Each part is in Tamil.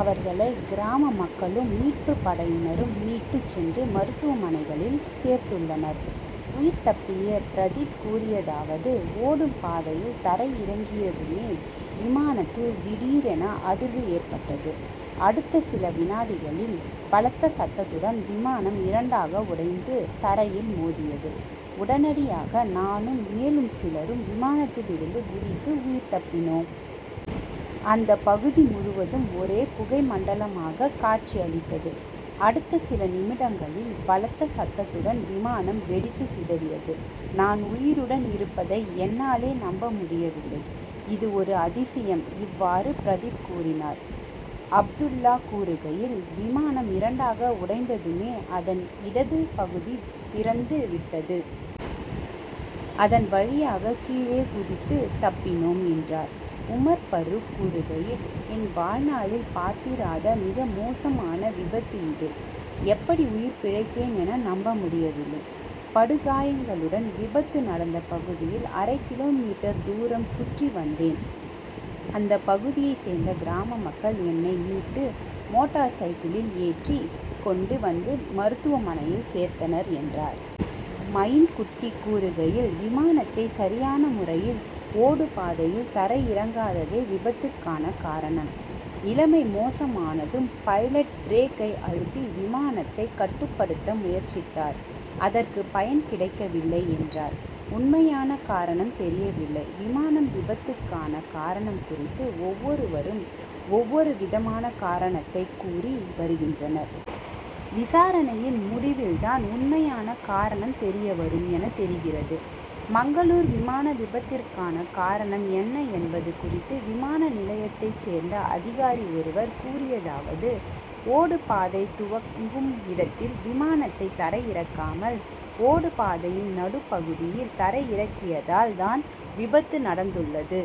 அவர்களை கிராம மக்களும் மீட்பு படையினரும் மீட்டுச் சென்று மருத்துவமனைகளில் சேர்த்துள்ளனர். உயிர் தப்பிய பிரதிப் கூறியதாவது ஓடுபாதையில் தரை இறங்கியதுமே விமானத்தில் திடீரென அதிர்வு ஏற்பட்டது. அடுத்த சில வினாடிகளில் பலத்த சத்தத்துடன் விமானம் இரண்டாக உடைந்து தரையில் மோதியது. உடனடியாக நானும் மேலும் சிலரும் விமானத்திலிருந்து குதித்து உயிர் தப்பினோம். அந்த பகுதி முழுவதும் ஒரே புகை மண்டலமாக காட்சி அளித்தது. அடுத்த சில நிமிடங்களில் பலத்த சத்தத்துடன் விமானம் வெடித்து சிதறியது. நான் உயிருடன் இருப்பதை என்னாலே நம்ப முடியவில்லை. இது ஒரு அதிசயம். இவ்வாறு பிரதிப் கூறினார். அப்துல்லா கூறுகையில் விமானம் இரண்டாக உடைந்ததுமே அதன் இடது பகுதி திறந்து விட்டது. அதன் வழியாக கீழே குதித்து தப்பினோம் என்றார். உமர் பரூக் கூறுகையில் என் வாழ்நாளில் பார்த்திராத மிக மோசமான விபத்து இது. எப்படி உயிர் பிழைத்தேன் என நம்ப முடியவில்லை. படுகாயங்களுடன் விபத்து நடந்த பகுதியில் அரை கிலோமீட்டர் தூரம் சுற்றி வந்தேன். அந்த பகுதியை சேர்ந்த கிராம மக்கள் என்னை மீட்டு மோட்டார் சைக்கிளில் ஏற்றி கொண்டு வந்து மருத்துவமனையில் சேர்த்தனர் என்றார். மயின் குட்டி கூறுகையில் விமானத்தை சரியான முறையில் ஓடுபாதையில் தரை இறக்காததே விபத்துக்கான காரணம். நிலைமை மோசமானதும் பைலட் பிரேக்கை அழுத்தி விமானத்தை கட்டுப்படுத்த முயற்சித்தார். அதற்கு பயன் கிடைக்கவில்லை என்றார். உண்மையான காரணம் தெரியவில்லை. விமான விபத்துக்கான காரணம் குறித்து ஒவ்வொருவரும் ஒவ்வொரு விதமான காரணத்தை கூறி வருகின்றனர். விசாரணையின் முடிவில் தான் உண்மையான காரணம் தெரிய வரும் என தெரிகிறது. மங்களூரு விமான விபத்துக்கான காரணம் என்ன என்பது குறித்து விமான நிலையத்தைச் சேர்ந்த அதிகாரி ஒருவர் கூறியதாவது ஓடுபாதை துவங்கும் இடத்தில் விமானத்தை தரை இறக்காமல் ஓடுபாதையின் நடுப் பகுதியில் தரை இறக்கியதால் தான் விபத்து நடந்துள்ளது.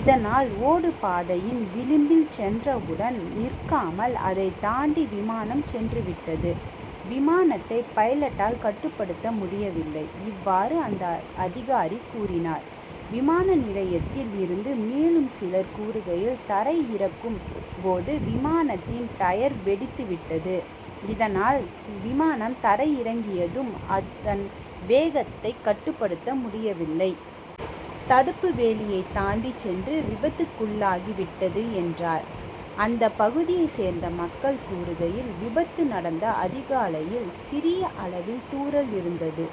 இதனால் ஓடுபாதையின் விளிம்பில் சென்றவுடன் நிற்காமல் அதைத் தாண்டி விமானம் சென்று விட்டது. விமானத்தை பைலட்டால் கட்டுப்படுத்த முடியவில்லை. இவ்வாறு அந்த அதிகாரி கூறினார். விமான நிலையத்தில் இருந்த மேலும் சிலர் கூறுகையில் தரை இறக்கும் போது விமானத்தின் டயர் வெடித்து விட்டது. இதனால் விமானம் தரை இறங்கியதும் அதன் வேகத்தை கட்டுப்படுத்த முடியவில்லை. தடுப்பு வேலியை தாண்டிச் சென்று விபத்துக்குள்ளாகி விட்டது என்றார். அந்த பகுதியைச் சேர்ந்த மக்கள் கூறுகையில் விபத்து நடந்த அதிகாலையில் சிறிய அளவில் தூறல் இருந்தது.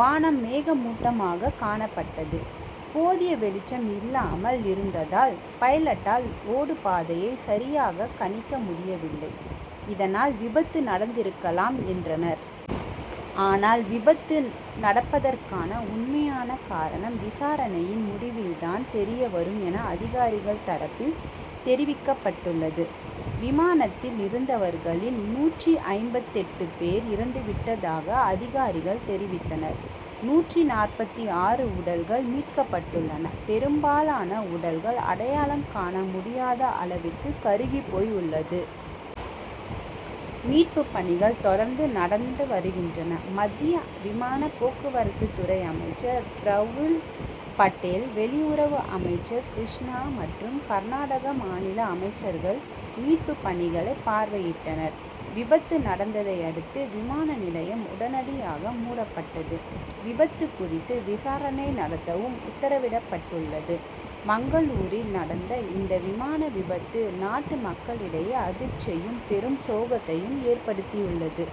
வானம் மேகமூட்டமாக காணப்பட்டது. போதிய வெளிச்சம் இல்லாமல் இருந்ததால் பைலட்டால் ஓடுபாதையை சரியாக கணிக்க முடியவில்லை. இதனால் விபத்து நடந்திருக்கலாம் என்றனர். ஆனால் விபத்து நடந்ததற்கான உண்மையான காரணம் விசாரணையின் முடிவில் தான் தெரிய வரும் என அதிகாரிகள் தரப்பில் தெரிவிக்கப்பட்டுள்ளது. விமானத்தில் இருந்தவர்களில் நூற்று ஐம்பத்து எட்டு பேர் இறந்துவிட்டதாக அதிகாரிகள் தெரிவித்தனர். நூற்று நாற்பத்து ஆறு உடல்கள் மீட்கப்பட்டுள்ளன. பெரும்பாலான உடல்கள் அடையாளம் காண முடியாத அளவுக்கு கருகிப் போய் உள்ளன. மீட்புப் பணிகள் தொடர்ந்து நடந்து வருகின்றன. மத்திய விமான போக்குவரத்துத்துறை அமைச்சர் பிரபுல் படேல் வெளியுறவு அமைச்சர் கிருஷ்ணா மற்றும் கர்நாடக மாநில அமைச்சர்கள் மீட்புப் பணிகளை பார்வையிட்டனர். விபத்து நடந்ததையடுத்து விமான நிலையம் உடனடியாக மூடப்பட்டது. விபத்து குறித்து விசாரணை நடத்தவும் உத்தரவிடப்பட்டுள்ளது. மங்களூருவில் நடந்த இந்த விமான விபத்து நாட்டு மக்களிடையே அதிர்ச்சியையும் பெரும் சோகத்தையும் ஏற்படுத்தியுள்ளது.